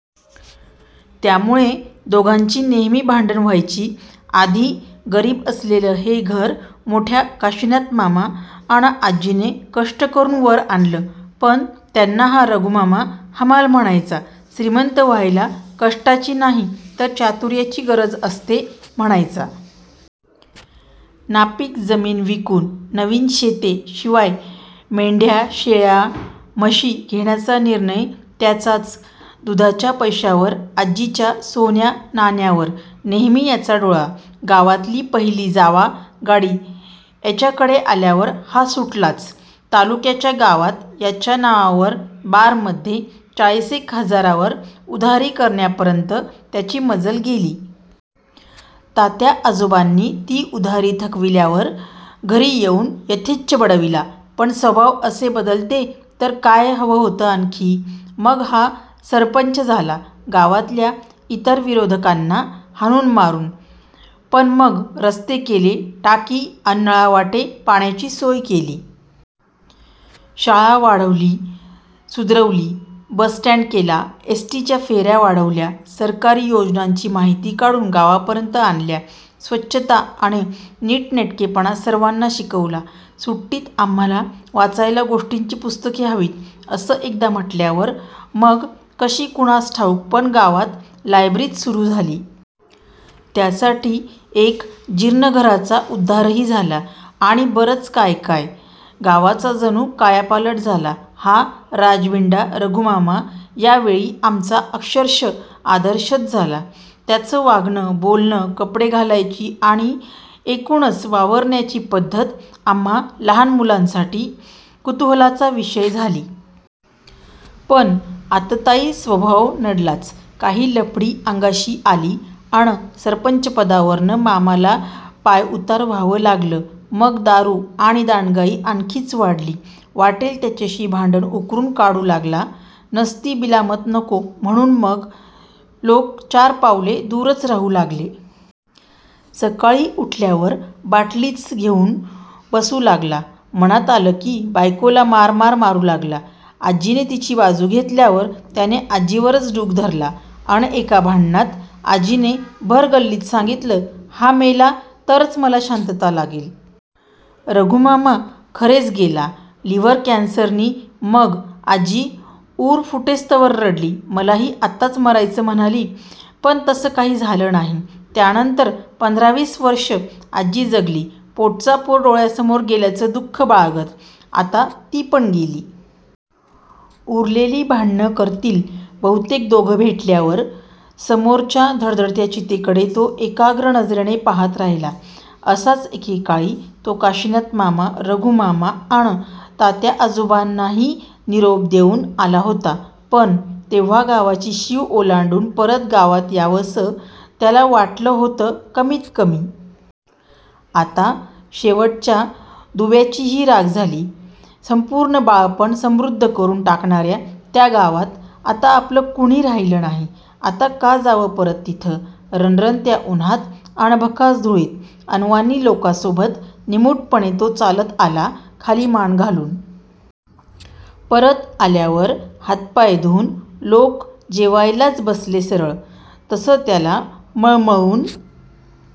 त्यामूळे दोघांची नेहेमी भांडणं व्हायची. आधी गरीब असलेलं हे घर मोठा काशीनाथमामा अन आजीने कष्ट करून वर आणलं. पण त्यांना हा रघूमामा हमाल म्हणायचा. श्रीमंत व्हायला कष्टाची नाही, तर चातूर्याची गरज असते म्हणायचा. नापीक जमीन विकून नवीन शेते, शिवाय मेंढ्या, शेळ्या, म्हशी घेण्याचा निर्णय त्याचाच. दुधाच्या पैशांवर, आजीच्या सोन्यानाण्यावर नेहेमी याचा डोळा. गावातली पहिली जावा गाडी याच्याकडे आल्यावर हा सुटलाच. तालूक्याच्या गावात याच्या नावावर बारमध्ये चाळीसेक हजारांवर 'उधारी' करण्यापर्यंत त्याची मजल गेली. तात्याआजोबांनी ती उधारी थकविल्यावर घरी येऊन यथेच्छ बडविला. पण स्वभाव असे बदलते तर काय हवं होतं आणखी? मग हा सरपच झाला. गावातल्या इतर विरोधकांना हाणून मारून. पण मग रस्ते केले. टाकी अन नळावाटे पाण्याची सोय केली. शाळा वाढवली, सुधरवली. बस-स्टँड केला. एस्. टी. च्या फेर्या वाढवल्या. सरकारी योजनांची माहिती काढून गावापर्यंत आणल्या. स्वच्छता अन नीटनेटकेपणा सर्वांना शिकविला. सुट्टीत आम्हाला वाचायला गोष्टींची पुस्तके हवीत, असं एकदा म्हटल्यावर मग कशी कुणास ठाऊक, पण गावात लायब्ररीच सुरू झाली. त्यासाठी एका जीर्ण घराचा उध्दारही झाला. आणि बरंच काय काय.. गावाचा जणू कायापालट झाला. हा राजबिंडा रघूमामा यावेळी आमचा अक्षरशः आदर्शच झाला. त्याचं वागणं, बोलणं, कपडे घालायची अन एकूणच वावरण्याची पध्दत आम्हा लहान मुलांसाठी कुतूहलाचा विषय झाली. पण आततायी स्वभाव नडलाच. काही लफडी अंगाशी आली, अन सरपंचपदावरनं मामाला पायऊतार व्हावं लागलं. मग दारू अन दांडगाई आणखीच वाढली. वाटेल त्याच्याशी भांडण उकरून काढू लागला. नसती बिलामत नको, म्हणून मग लोक चार पावले दुरच राहू लागले. सकाळी उठल्यावर बाटलीच घेऊन बसू लागला. मनात आलं की बायकोला मार मार मारू लागला. आजीने तिची बाजू घेतल्यावर त्याने आजीवरच डुख धरला. अन एका भांडणात आजीने भर गल्लीत सांगितलं, हा मेला, तरच मला शांतता लागेल. रघूमामा खरेच गेला. लिव्हर कँसरने. मग आजी ऊर फुटेस्तवर रडली. मलाही आताच मरायचं म्हणाली. पण तसं काही झालं नाही. त्यानंतर पंधरा-वीस वर्षे आजी जगली. पोटचा पोर डोळ्यांसमोर गेल्याचं दु:ख बाळगत. आता ती पण गेली. उरलेली भांडणे करतील बहूतेक दोघे भेटल्यावर..! समोरच्या धडधडत्या चितेकडे तो एकाग्र नजरेने पाहत राहिला. असाच एकेकाळी तो काशीनाथमामा, रघूमामा अन तात्याआजोबांनाही निरोप देऊन आला होता. पण तेव्हा गावाची शीव ओलांडून परत गावात यावसं त्याला वाटलं होतं कमीत कमी. आता शेवटच्या दुव्याचीही राख झाली. संपूर्ण बाळपण समृध्द करून टाकणार्या त्या गावात आता आपलं कुणी राहिलं नाही. आता का जावं परत तिथं? रणरणत्या उन्हात अन भकास धुळीत अनवाणी लोकांसोबत निमूटपणे तो चालत आला, खाली मान घालून. परत आल्यावर हात-पाय धुवून लोक जेवायलाच बसले सरळ, तसं त्याला मळ-मळून--